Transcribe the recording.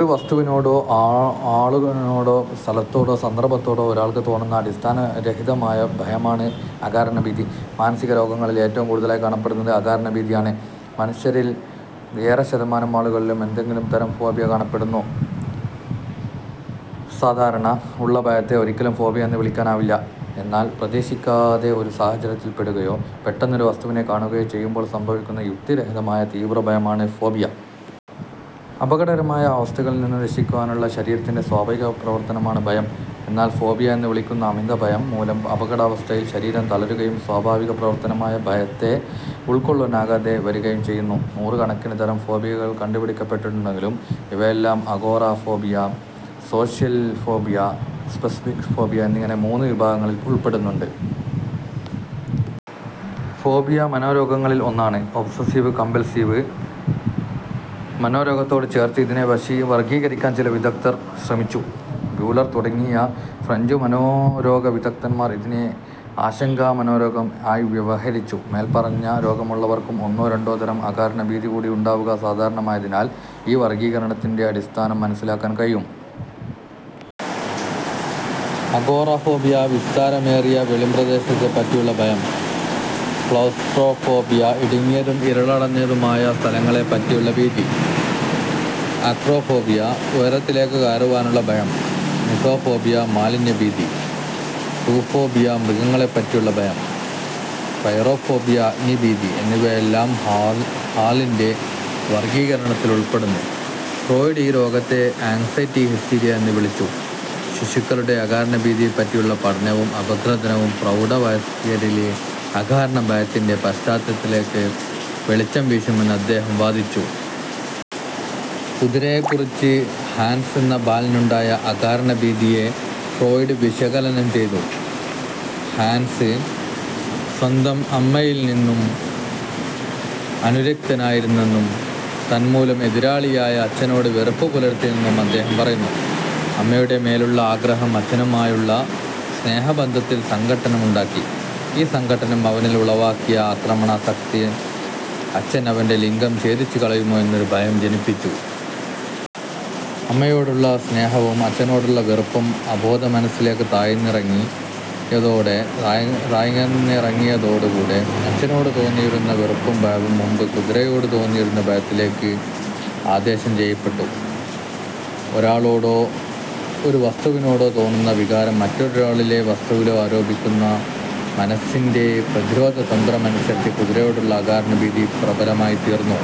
ഒരു വസ്തുവിനോടോ ആളിനോടോ സ്ഥലത്തോടോ സന്ദർഭത്തോടോ ഒരാൾക്ക് തോന്നുന്ന അടിസ്ഥാനരഹിതമായ ഭയമാണ് അകാരണഭീതി. മാനസിക രോഗങ്ങളിൽ ഏറ്റവും കൂടുതലായി കാണപ്പെടുന്നത് അകാരണഭീതിയാണ്. മനുഷ്യരിൽ ശതമാനം ആളുകളിലും എന്തെങ്കിലും തരം ഫോബിയ കാണപ്പെടുന്നു. സാധാരണ ഉള്ള ഭയത്തെ ഒരിക്കലും ഫോബിയ എന്നു വിളിക്കാനാവില്ല. എന്നാൽ പ്രതീക്ഷിക്കാതെ ഒരു സാഹചര്യത്തിൽപ്പെടുകയോ പെട്ടെന്നു് ഒരു വസ്തുവിനെ കാണുകയോ ചെയ്യുമ്പോൾ സംഭവിക്കുന്ന യുക്തിരഹിതമായ തീവ്ര ഭയമാണ് ഫോബിയ. അപകടകരമായ അവസ്ഥകളിൽ നിന്നും രക്ഷിക്കുവാനുള്ള ശരീരത്തിന്റെ സ്വാഭാവികപ്രവർത്തനമാണ് ഭയം. എന്നാൽ ഫോബിയ എന്നു വിളിക്കുന്ന അമിതഭയം മൂലം അപകടാവസ്ഥയിൽ ശരീരം തളരുകയും സ്വാഭാവികപ്രവർത്തനമായ ഭയത്തെ ഉൾക്കൊള്ളാനാകാതെ വരുകയും ചെയ്യുന്നു. നൂറുകണക്കിനു തരം ഫോബിയകൾ കണ്ടുപിടിക്കപ്പെട്ടിട്ടുണ്ടെങ്കിലും ഇവയെല്ലാം agoraphobia, social phobia, specific phobia എന്നിങ്ങനെ മൂന്നു വിഭാഗങ്ങളിൽ ഉൾപ്പെടുന്നു. ഫോബിയ ലഘുമനോരോഗങ്ങളിൽ ഒന്നാണ്. ഒബ്സസിവ് കമ്പൽസീവ് മനോരോഗത്തോടു ചേർത്ത് ഇതിനെ വർഗീകരിക്കാൻ ചില വിദഗ്ദർ ശ്രമിച്ചു. ബ്യൂലർ തുടങ്ങിയ ഫ്രഞ്ചു മനോരോഗവിദഗ്ദ്ധന്മാർ ഇതിനെ ആശങ്കാമനോരോഗം ആയി വ്യവഹരിച്ചു. മേൽപറഞ്ഞ രോഗമുള്ളവർക്കും ഒന്നോ രണ്ടോ തരം അകാരണഭീതി കൂടി ഉണ്ടാവുക സാധാരണമായതിനാൽ ഈ വർഗീകരണത്തിന്റെ അടിസ്ഥാനം മനസ്സിലാക്കാൻ കഴിയും. അഗോറഫോബിയ വിസ്താരമേറിയ വെളിംപ്രദേശത്തെപ്പറ്റിയുള്ള ഭയം, ക്ളൌസ്ട്രോഫോബിയ- ഇടുങ്ങിയതും ഇരുളടഞ്ഞതുമായ സ്ഥലങ്ങളെപ്പറ്റിയുള്ള ഭീതി, അക്രോഫോബിയ ഉയരത്തിലേക്കു കയറുവാനുള്ള ഭയം, മിസോഫോബിയ മാലിന്യഭീതി, സൂഫോബിയ മൃഗങ്ങളെപ്പറ്റിയുള്ള ഭയം, പൈറോഫോബിയ അഗ്നിഭീതി എന്നിവയെല്ലാം ഹാളിന്റെ വർഗീകരണത്തിലുൾപ്പെടുന്നു. ഫ്രോയിഡ് ഈ രോഗത്തെ ആങ്സൈറ്റി ഹിസ്റ്റീരിയ എന്നു വിളിച്ചു. ശിശുക്കളുടെ അകാരണഭീതിയെപ്പറ്റിയുള്ള പഠനവും അപഗ്രഥനവും പ്രൌഢവയസ്ക്കരിലെ അകാരണഭയത്തിന്റെ പശ്ചാത്തലത്തിലേക്കു വെളിച്ചം വീശുമെന്ന് അദ്ദേഹം വാദിച്ചു. കുതിരയെക്കുറിച്ച് ഹാൻസ് എന്ന ബാലനുണ്ടായ അകാരണഭീതിയെ ഫ്രോയിഡ് വിശകലനം ചെയ്തു. ഹാൻസ് സ്വന്തം അമ്മയിൽ അനുരക്തനായിരുന്നെന്നും തന്മൂലം എതിരാളിയായ അച്ഛനോട് വെറുപ്പു പുലർത്തിയിരുന്നെന്നും അദ്ദേഹം പറയുന്നു. അമ്മയുടെ മേലുള്ള ആഗ്രഹം അച്ഛനുമായുള്ള സ്നേഹബന്ധത്തിൽ സംഘട്ടനമുണ്ടാക്കി. ഈ സംഘട്ടനം അവനിൽ ഉളവാക്കിയ ആക്രമണാസക്തി, അച്ഛൻ അവന്റെ ലിംഗം ഛേദിച്ചുകളയുമോ എന്നൊരു ഭയം ജനിപ്പിച്ചു. അമ്മയോടുള്ള സ്നേഹവും അച്ഛനോടുള്ള വെറുപ്പും അബോധമനസ്സിലേക്കു താഴ്ന്നിറങ്ങി യതോടുകൂടി അച്ഛനോടു തോന്നിയിരുന്ന വെറുപ്പും ഭയവും മുമ്പ് കുതിരയോടുതോന്നിയിരുന്ന ഭയത്തിലേക്ക് ആദേശം ചെയ്യപ്പെട്ടു. ഒരാളോടോ, ഒരു വസ്തുവിനോടോ തോന്നുന്ന വികാരം മറ്റൊരാളിലോ വസ്തുവിലോ ആരോപിക്കുന്ന മനസ്സിന്റെ പ്രതിരോധ തന്ത്രമനുസരിച്ച് കുതിരയോടുള്ള അകാരണഭീതി പ്രബലമായിത്തീർന്നു.